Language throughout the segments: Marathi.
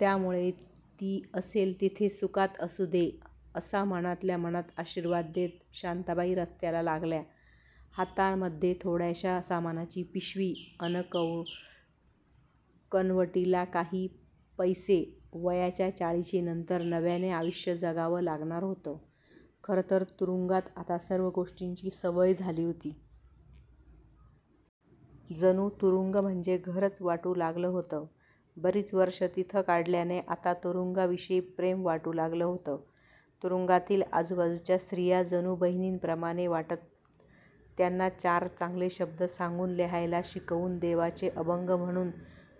त्यामुळे ती असेल तिथे सुखात असू दे, असा मनातल्या मनात आशीर्वाद देत शांताबाई रस्त्याला लागल्या. हातामध्ये थोड्याशा सामानाची पिशवी अन् कनवटीला काही पैसे वयाच्या चाळीशीनंतर नव्याने आयुष्य जगावं लागणार होतं. खरंतर तुरुंगात आता सर्व गोष्टीची सवय झाली होती. जणू तुरुंग म्हणजे घरच वाटू लागलं होतं. बरीच वर्षे तिथं काढल्यानं आता तुरुंगाविषयी प्रेम वाटू लागलं होतं. तुरुंगातील आजूबाजूच्या स्त्रिया जणू बहिणीप्रमाणे वाटत. त्यांना चार चांगले शब्द सांगून, लिहायला शिकवून, देवाचे अभंग म्हणून,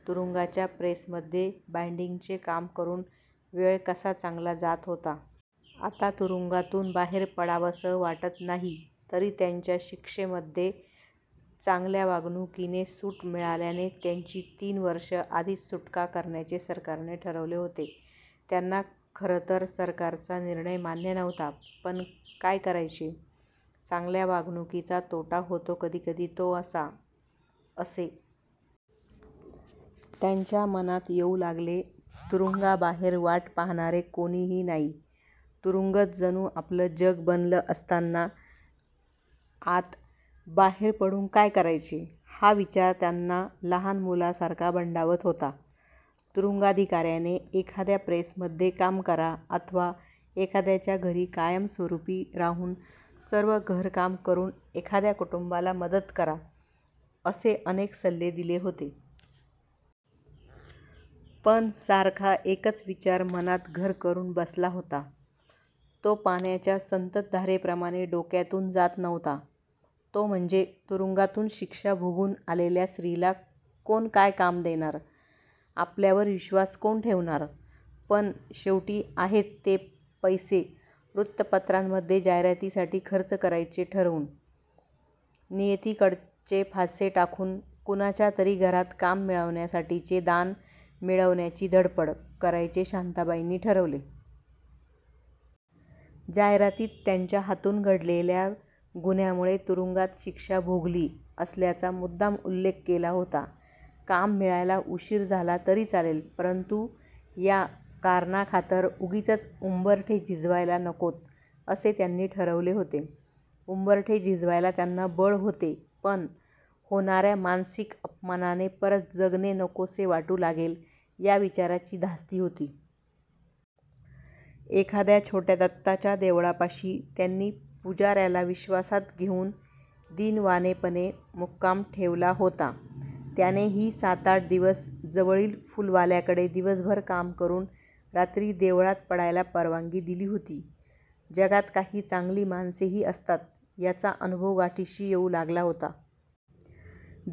तुरुंगाच्या प्रेसमध्ये बाईंडिंगचे काम करून वेळ कसा चांगला जात होता. आता तुरुंगातून बाहेर पडावसंही वाटत नाही तरी त्यांच्या शिक्षेमध्ये चांगल्या वागणूकीने सूट मिळाल्याने त्यांची तीन वर्षे आधीच सुटका करण्याचे सरकारने ठरवले होते. त्यांना खरंतर सरकारचा निर्णय मान्य नव्हता. पण काय करायचे? चांगल्या वागणुकीचा तोटा होतो कधी-कधी तो असा.असे त्यांच्या मनात येऊ लागले. तुरुंगाबाहेर वाट पहाणारे कोणीही नाही. तुरुंगच जणू आपलं जग बनलं असताना आत बाहेर पडून काय करायचे? हा विचार त्यांना लहान मुलासारखा भंडावत होता. तुरुंगाधिका-याने एखाद्या प्रेसमध्ये काम करा, अथवा एखाद्याच्या घरी कायमस्वरुपी राहून सर्व घरकाम करून एखाद्या कुटुंबाला मदत करा असे अनेक सल्ले दिले होते. पण सारखा एकच विचार मनांत घर करुन बसला होता, तो पाण्याच्या संतत धारेप्रमाणे डोक्यातून जात नव्हता, तो म्हणजे तुरुंगातून शिक्षा भोगून आलेल्या स्त्रीला कोण काय काम देणार? आपल्यावर विश्वास कोण ठेवणार? पण शेवटी आहेत ते पैसे व्रुत्तपत्रामध्ये जाहिरातीसाठी खर्च करायचे ठरवून, नियतीकडेच फासे टाकून कुणाच्या तरी घरात काम मिळवण्यासाठीचे दान मिळवण्याची घड्पड करायचे शांताबाईंनी ठरवले. जाहिरातीत त्यांच्या हातून घडलेल्या गुन्ह्यामुळे तुरुंगात शिक्षा भोगली असल्याचा मुद्दाम उल्लेख केला होता. काम मिळायला उशीर झाला तरी चालेल परंतु या कारणाखातर उगीचच उंबरठे झिजवायल नकोत असे त्यांनी ठरवले होते. उंबरठे झिजवायला त्यांना बळ होते पण होणा-या मानसिक अपमानाने परत जगणे नकोसे वाटू लागेल या विचाराची धास्ती होती. एका छोट्या दत्ताच्या देवळापाशी त्यांनी पुजा-याला विश्वासात घेऊन दीनवाणेपणे मुक्काम ठेवला होता. त्यानेही सात्-आठ दिवस जवळील फुलवाल्याकडे दिवसभर काम करुन रात्री देवळात पडायला परवानगी दिली होती. जगात काही चांगली माणसेही असतात याचा अनुभव गाठीशी येऊ लागला होता.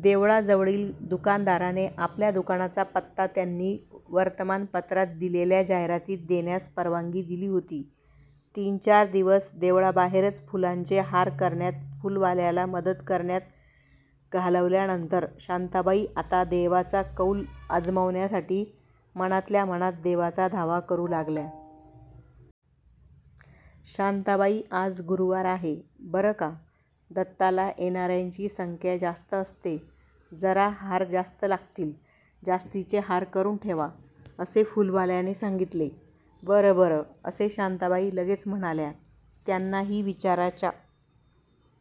देवळाजवळील दुकानदाराने आपल्या दुकानाचा पत्ता त्यांनी वर्तमानपत्रात दिलेल्या जाहिरातीत देण्यास परवानगी दिली होती. तीन्-चार दिवस देवळाबाहेरच फुलांचे हार करण्यात फुलवाल्याला मदत करण्यात घालवल्यानंतर शांताबाई आता दैवाचा कौल अजमावण्यासाठी मनातल्या मनात देवाचा धावा करु लागल्या. "शांताबाई, आज गुरुवार आहे. बरं का, दत्ताला येणा-यांची संख्या जास्त असते. जरा हार जास्त लागतील. जास्तीचे हार करुन ठेवा. " असे फुलवाल्याने सांगितले. "बरं-बरं " असे शांताबाई लगेचच म्हणाल्या. त्यांनाही विचारांच्या--